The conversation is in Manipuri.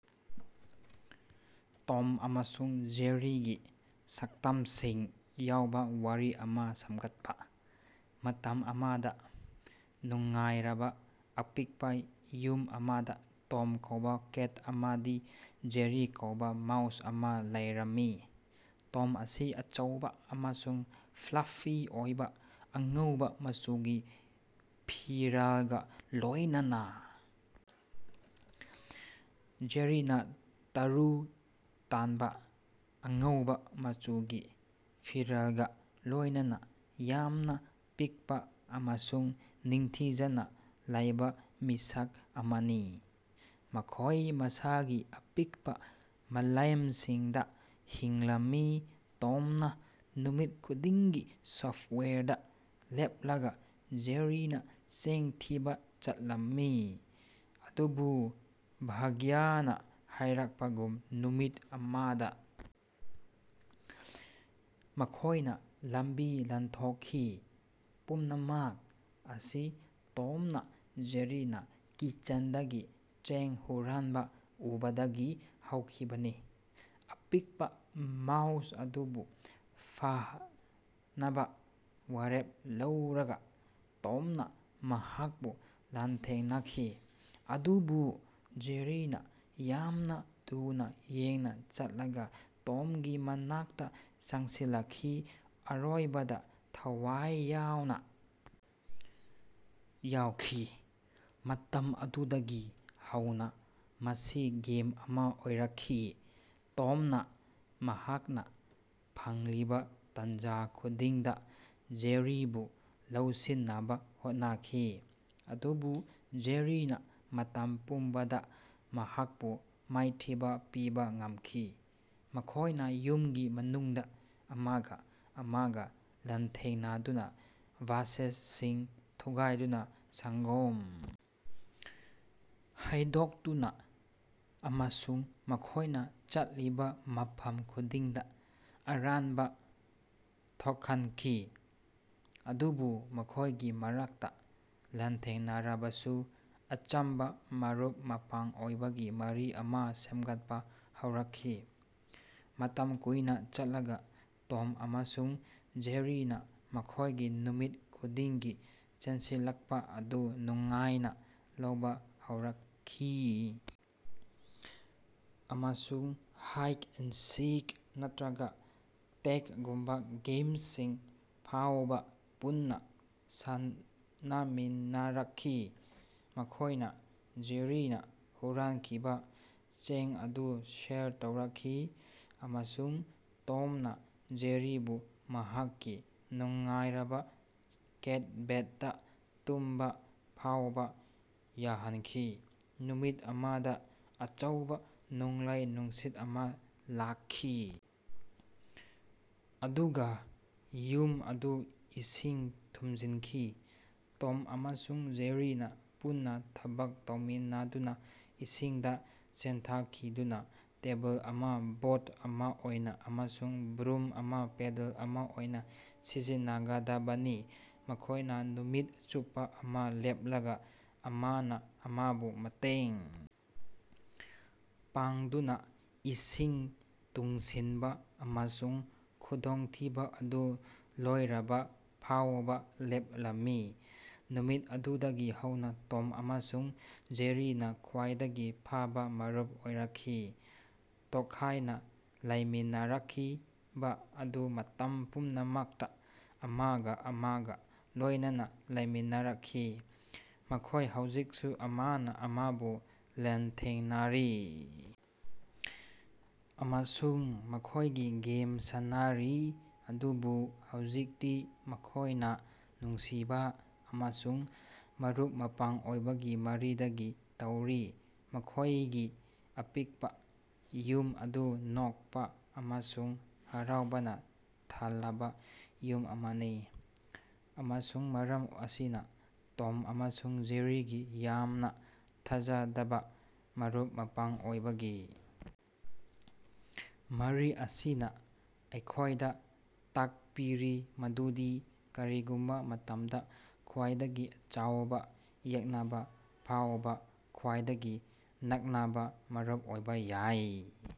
ꯇꯣꯝ ꯑꯃꯁꯨꯡ ꯖꯦꯔꯤꯒꯤ ꯁꯛꯇꯝꯁꯤꯡ ꯌꯥꯎꯕ ꯋꯥꯔꯤ ꯑꯃꯥ ꯁꯦꯝꯒꯠꯄ꯫ ꯃꯇꯝ ꯑꯃꯗꯥ ꯅꯨꯡꯉꯥꯏꯔꯕ ꯑꯄꯤꯛꯄ ꯌꯨꯝ ꯑꯃꯗꯥ ꯇꯣꯝ ꯀꯧꯕꯥ ꯀꯦꯠ ꯑꯃꯗꯤ ꯖꯦꯔꯤ ꯀꯧꯕ ꯃꯥꯎꯁ ꯑꯃꯥ ꯂꯩꯔꯝꯃꯤ꯫ ꯇꯣꯝ ꯑꯁꯤ ꯑꯆꯧꯕ ꯑꯃꯁꯨꯡ ꯐ꯭ꯂꯨꯐꯤ ꯑꯣꯏꯕ ꯑꯉꯧꯕ ꯃꯆꯨꯒꯤ ꯐꯤꯔꯥꯜꯒ ꯂꯣꯏꯅꯅꯥ ꯖꯦꯔꯤꯅꯥ ꯇꯔꯨ ꯇꯥꯟꯅꯕ ꯑꯉꯧꯕ ꯃꯆꯨꯒꯤ ꯐꯤꯔꯥꯜꯒ ꯂꯣꯏꯅꯅꯥ ꯌꯥꯝꯅ ꯄꯤꯛꯄ ꯑꯃꯁꯨꯡ ꯅꯤꯡꯊꯤꯖꯅ ꯂꯩꯕ ꯃꯤꯁꯛ ꯑꯃꯅꯤ꯫ ꯃꯈꯣꯏ ꯃꯁꯥꯒꯤ ꯑꯄꯤꯛꯄꯥ ꯃꯥꯂꯦꯝꯁꯤꯡꯗꯥ ꯍꯤꯡꯂꯝꯃꯤ, ꯇꯣꯝꯅ ꯅꯨꯃꯤꯠ ꯈꯨꯗꯤꯡꯒꯤ ꯁꯣꯐ꯭ꯇꯋꯥꯌꯔꯗꯥ ꯂꯦꯞꯂꯒ ꯖꯦꯔꯤꯅꯥ ꯆꯦꯡ ꯊꯤꯕꯥ ꯆꯠꯂꯝꯃꯤ꯫ ꯑꯗꯨꯕꯨ ꯚꯥꯒ꯭ꯌꯅꯥ ꯍꯥꯏꯔꯛꯄꯒꯨꯝ ꯅꯨꯃꯤꯠ ꯑꯃꯗꯥ ꯃꯈꯣꯏꯅ ꯂꯝꯕꯤ ꯂꯥꯟꯊꯣꯛꯈꯤ꯫ ꯄꯨꯝꯅꯃꯛ ꯑꯁꯤ ꯇꯣꯝꯅ ꯖꯦꯔꯤꯅꯥ ꯀꯤꯆꯟꯗꯒꯤ ꯆꯦꯡ ꯍꯨꯔꯥꯟꯕ ꯎꯕꯗꯒꯤ ꯍꯧꯈꯤꯕꯅꯤ꯫ ꯑꯄꯤꯛꯄ ꯃꯥꯎꯁ ꯑꯗꯨꯕꯨ ꯐꯥꯅꯕꯥ ꯋꯥꯔꯦꯞ ꯂꯧꯔꯒꯥ ꯇꯣꯝꯅ ꯃꯍꯥꯛꯄꯨ ꯂꯥꯟꯊꯦꯡꯅꯈꯤ ꯑꯗꯨꯕꯨ ꯖꯦꯔꯤꯅꯥ ꯌꯥꯝꯅ ꯊꯨꯅ ꯌꯥꯡꯅ ꯆꯠꯂꯒ ꯇꯣꯝꯒꯤ ꯃꯅꯥꯛꯇꯥ ꯆꯪꯁꯤꯜꯂꯛꯈꯤ, ꯑꯔꯣꯏꯕꯗꯥ ꯊꯋꯥꯏ ꯌꯥꯎꯅ ꯌꯥꯎꯈꯤ꯫ ꯃꯇꯝ ꯑꯗꯨꯗꯒꯤ ꯍꯧꯅꯥ ꯃꯁꯤ ꯒꯦꯝ ꯑꯃꯥ ꯑꯣꯏꯔꯛꯈꯤ, ꯇꯣꯝꯅ ꯃꯍꯥꯛꯅꯥ ꯐꯪꯂꯤꯕꯥ ꯇꯥꯟꯖꯥ ꯈꯨꯗꯤꯡꯗ ꯖꯦꯔꯤꯕꯨ ꯂꯧꯁꯤꯟꯅꯕ ꯍꯣꯠꯅꯈꯤ, ꯑꯗꯨꯕꯨ ꯖꯦꯔꯤꯅꯥ ꯃꯇꯝ ꯄꯨꯝꯕꯗꯥ ꯃꯍꯥꯛꯄꯨ ꯃꯥꯏꯊꯤꯕ ꯄꯤꯕ ꯉꯝꯈꯤ꯫ ꯃꯈꯣꯏꯅ ꯌꯨꯝꯒꯤ ꯃꯅꯨꯡꯗ ꯑꯃꯒꯥ ꯑꯃꯒꯥ ꯂꯥꯟꯊꯦꯡꯅꯗꯨꯅꯥ, ꯚꯦꯖꯁꯤꯡ ꯊꯨꯒꯥꯏꯗꯨꯅꯥ, ꯁꯪ꯭ꯒꯣꯝ ꯍꯩꯗꯣꯛꯇꯨꯅꯥ ꯑꯃꯁꯨꯡ ꯃꯈꯣꯏꯅ ꯆꯠꯂꯤꯕ ꯃꯐꯝ ꯈꯨꯗꯤꯡꯗꯥ ꯑꯔꯥꯟꯕ ꯊꯣꯛꯍꯟꯈꯤ꯫ ꯑꯗꯨꯕꯨ ꯃꯈꯣꯏꯒꯤ ꯃꯔꯛꯇꯥ ꯂꯥꯟꯊꯦꯡꯅꯔꯕꯁꯨ ꯑꯆꯝꯕꯥ ꯃꯔꯨꯞ-ꯃꯄꯥꯡ ꯑꯣꯏꯕꯒꯤ ꯃꯔꯤ ꯑꯃꯥ ꯁꯦꯝꯒꯠꯄ ꯍꯧꯔꯛꯈꯤ꯫ ꯃꯇꯝ ꯀꯨꯏꯅꯥ ꯆꯠꯂꯒꯥ ꯇꯣꯝ ꯑꯃꯁꯨꯡ ꯖꯦꯔꯤꯅꯥ ꯃꯈꯣꯏꯒꯤ ꯅꯨꯃꯤꯠ ꯈꯨꯗꯤꯡꯒꯤ ꯆꯦꯟꯁꯤꯜꯂꯛꯄꯥ ꯑꯗꯨ ꯅꯨꯡꯉꯥꯏꯅꯥ ꯂꯧꯕ ꯍꯧꯔꯛꯈꯤ, ꯑꯃꯁꯨꯡ ꯍꯥꯏꯠ ꯑꯦꯟ ꯁꯤꯛ, ꯅꯠꯇ꯭ꯔꯒ ꯇꯦꯒꯒꯨꯝꯕꯥ ꯒꯦꯃꯁꯤꯡ ꯐꯥꯎꯕ ꯄꯨꯟꯅꯥ ꯁꯥꯟꯅꯃꯤꯟꯅꯔꯛꯈꯤ꯫ ꯃꯈꯣꯏꯅ ꯖꯦꯔꯤꯅꯥ ꯍꯨꯔꯥꯟꯈꯤꯕꯥ ꯆꯦꯡ ꯑꯗꯨ ꯁꯦꯌꯔ ꯇꯧꯔꯛꯈꯤ, ꯑꯃꯁꯨꯡ ꯇꯣꯝꯅ ꯖꯦꯔꯤꯕꯨ ꯃꯍꯥꯛꯀꯤ ꯅꯨꯡꯉꯥꯏꯔꯕꯥ ꯀꯦꯠ ꯕꯦꯗꯇꯥ ꯇꯨꯝꯕ ꯐꯥꯎꯕ ꯌꯥꯍꯟꯈꯤ꯫ ꯅꯨꯃꯤꯠ ꯑꯃꯗꯥ ꯑꯆꯧꯕ ꯅꯣꯡꯂꯩ-ꯅꯨꯡꯁꯤꯠ ꯑꯃꯥ ꯂꯥꯛꯈꯤ, ꯑꯗꯨꯒꯥ ꯌꯨꯝ ꯑꯗꯨ ꯏꯁꯤꯡ ꯊꯨꯝꯖꯤꯟꯈꯤ꯫ ꯇꯣꯝ ꯑꯃꯁꯨꯡ ꯖꯦꯔꯤꯅꯥ ꯄꯨꯟꯅꯥ ꯊꯕꯛ ꯇꯧꯃꯤꯟꯅꯗꯨꯅꯥ ꯏꯁꯤꯡꯗꯥ ꯆꯦꯟꯊꯈꯤꯗꯨꯅꯥ ꯇꯦꯕꯜ ꯑꯃꯥ ꯕꯣꯠ ꯑꯃꯥ ꯑꯣꯏꯅ ꯑꯃꯁꯨꯡ ꯕ꯭ꯔꯨꯝ ꯑꯃꯥ ꯄꯦꯗꯜ ꯑꯃꯥ ꯑꯣꯏꯅ ꯁꯤꯖꯤꯟꯅꯒꯗꯕꯅꯤ꯫ ꯃꯈꯣꯏꯅ ꯅꯨꯃꯤꯠ ꯆꯨꯞꯄꯥ ꯑꯃꯥ ꯂꯦꯞꯂꯒꯥ ꯑꯃꯅꯥ ꯑꯃꯕꯨ ꯃꯇꯦꯡ ꯄꯥꯡꯗꯨꯅꯥ ꯏꯁꯤꯡ ꯇꯨꯡꯁꯤꯟꯕ ꯑꯃꯁꯨꯡ ꯈꯨꯗꯣꯡꯊꯤꯕꯥ ꯑꯗꯨ ꯂꯣꯏꯔꯕꯥ ꯐꯥꯎꯕ ꯂꯦꯞꯂꯝꯃꯤ꯫ ꯅꯨꯃꯤꯠ ꯑꯗꯨꯗꯒꯤ ꯍꯧꯅꯥ ꯇꯣꯝ ꯑꯃꯁꯨꯡ ꯖꯦꯔꯤꯅꯥ ꯈ꯭ꯋꯥꯏꯗꯒꯤ ꯐꯕꯥ ꯃꯔꯨꯞ ꯑꯣꯏꯔꯛꯈꯤ, ꯇꯣꯈꯥꯏꯅꯥ ꯂꯩꯃꯤꯟꯅꯔꯛꯈꯤꯕ ꯑꯗꯨ ꯃꯇꯝ ꯄꯨꯝꯅꯃꯛꯇꯥ ꯑꯃꯒꯥ ꯑꯃꯒꯥ ꯂꯣꯏꯅꯅꯥ ꯂꯩꯃꯤꯟꯅꯔꯛꯈꯤ꯫ ꯃꯈꯣꯏ ꯍꯧꯖꯤꯛꯁꯨ ꯑꯃꯅꯥ ꯑꯃꯕꯨ ꯂꯥꯟꯊꯦꯡꯅꯔꯤ ꯑꯃꯁꯨꯡ ꯃꯈꯣꯏꯒꯤ ꯒꯦꯝ ꯁꯥꯟꯅꯔꯤ, ꯑꯗꯨꯕꯨ ꯍꯧꯖꯤꯛꯇꯤ ꯃꯈꯣꯏꯅꯥ ꯅꯨꯡꯁꯤꯕꯥ ꯑꯃꯁꯨꯡ ꯃꯔꯨꯞ-ꯃꯄꯥꯡ ꯑꯣꯏꯕꯒꯤ ꯃꯔꯤꯗꯒꯤ ꯇꯧꯔꯤ, ꯃꯈꯣꯌꯒꯤ ꯑꯄꯤꯛꯄꯥ ꯌꯨꯝ ꯑꯗꯨ ꯅꯣꯛꯄꯥ ꯑꯃꯁꯨꯡ ꯍꯔꯥꯎꯕꯅ ꯊꯜꯂꯕ ꯌꯨꯝ ꯑꯃꯅꯤ꯫ ꯑꯃꯁꯨꯡ ꯃꯔꯝ ꯑꯁꯤꯅ, ꯇꯣꯝ ꯑꯃꯁꯨꯡ ꯖꯦꯔꯤꯒꯤ ꯌꯥꯝꯅ ꯊꯥꯖꯗꯕꯥ ꯃꯔꯨꯞ-ꯃꯄꯥꯡ ꯑꯣꯏꯕꯒꯤ ꯃꯔꯤ ꯑꯁꯤꯅ ꯑꯩꯈꯣꯏꯗ ꯇꯥꯛꯄꯤꯔꯤ ꯃꯗꯨꯗꯤ ꯀꯔꯤꯒꯨꯝꯕ ꯃꯇꯝꯗꯥ, ꯈ꯭ꯋꯥꯏꯗꯒꯤ ꯆꯥꯎꯕ ꯌꯦꯛꯅꯕ ꯐꯥꯎꯕ, ꯈ꯭ꯋꯥꯏꯗꯒꯤ ꯅꯛꯅꯕꯥ ꯃꯔꯨꯞ ꯑꯣꯏꯕ ꯌꯥꯏ꯫